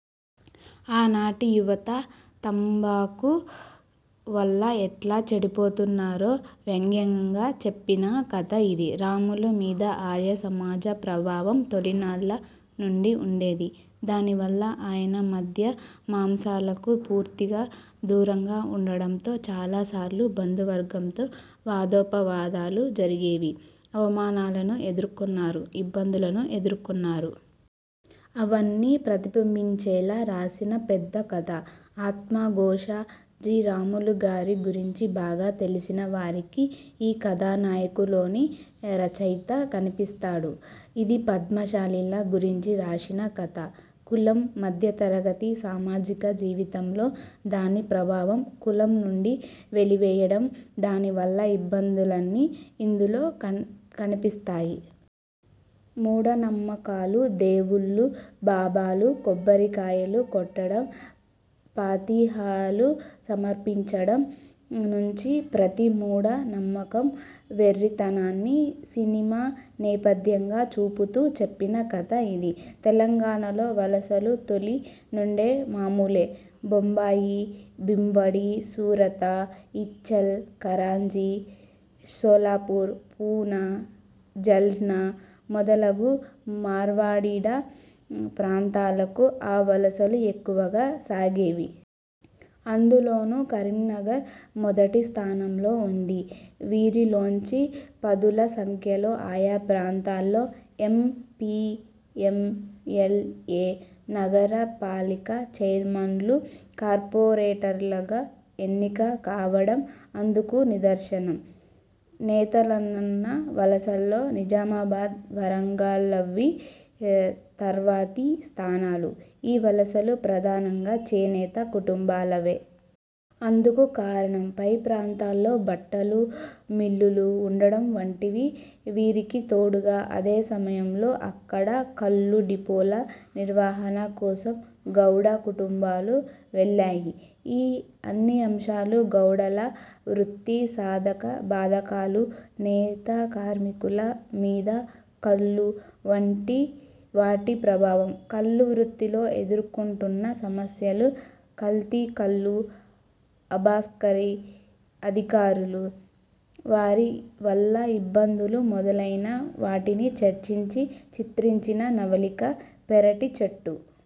ఆనాటి యువత తంబాకు వల్ల ఎట్లా చెడిపోతున్నారో వ్యంగ్యంగా చెప్పిన కథ ఇది. రాములు మీద ఆర్య సమాజ ప్రభావం తొలినాళ్ళ నుండి ఉండేది. దానివల్ల ఆయన మద్య మాంసాలకు పూర్తిగా దూరంగా ఉండడంతో చాలాసార్లు బంధువర్గంతో వాదోపవాదాలు జరిగేవి. అవమానాలనూ ఎదుర్కొన్నారు. ఇబ్బందులను ఎదుర్కొన్నారు. అవన్నీ ప్రతిబింబించేలా రాసిన పెద్ద కథ 'ఆత్మఘోష'. జి. రాములుగారి గురించి బాగా తెలిసిన వారికి ఈ కథానాయకులోని రచయిత కనిపిస్తాడు. ఇది పద్మశాలీల గురించి రాసిన కథ. కులం, మధ్యతరగతి సామాజిక జీవితంలో దాని ప్రభావం, కులం నుండి వెలివేయడం దాని వల్ల ఇబ్బందులన్నీ ఇందులో కనిపిస్తాయి. మూఢనమ్మకాలు, దేవుళ్ళు, బాబాలు, కొబ్బరికాయలు కొట్టడం, ఫాతిహాలు సమర్పించడం నుంచి ప్రతి మూఢ నమ్మకం, వెర్రితనాని సినిమా నేపథ్యంగా చూపుతూ చెప్పిన కథ ఇది. తెలంగాణలో వలసలు తొలి నుండి మామూలే. బొంబాయి, బీవండి, సూరత, ఇచ్చల్ కరంజి, షోలాపూర్, పూనా, జాల్నా మొదలగు మరఠ్వాడా ప్రాంతాలకు ఆ వలసలు ఎక్కువగా సాగేవి. అందులోనూ కరీంనగర్ మొదటి స్థానంలో ఉంది. వీరిలోంచి పదుల సంఖ్యలో ఆయా ప్రాంతాల్లో M. P., M. L. A., నగర పాలిక చైర్మన్లు, కార్పొరేటర్లుగా ఎన్నిక కావడం అందుకు నిదర్శనం. నేతన్నల వలసల్లో నిజామాబాద్, వరంగల్లవి తర్వాతి స్థానాలు. ఈ వలసలు ప్రధానంగా చేనేత కుటుంబాలవే. అందుకు కారణం పై ప్రాంతాల్లో బట్టల మిల్లులు ఉండడం వంటివి. వీరికి తోడుగా అదే సమయంలో అక్కడ కల్లు డిపోల నిర్వహణ కోసం గౌడ కుటుంబాలు వెళ్ళాయి. ఈ అన్ని అంశాలు, గౌడుల వృత్తి, సాధక బాధకాలు, నేత కార్మికుల మీద కల్లు వంటి వాటి ప్రభావం, కల్లు వృత్తిలో ఎదుర్కొంటున్న సమస్యలు, కల్తీకల్లు, అబాసక్రీ అధికారులు, వారి వల్ల ఇబ్బందులు మొదలైన వాటిని చర్చించి చిత్రించిన నవలిక 'పెరటి చెట్టు'.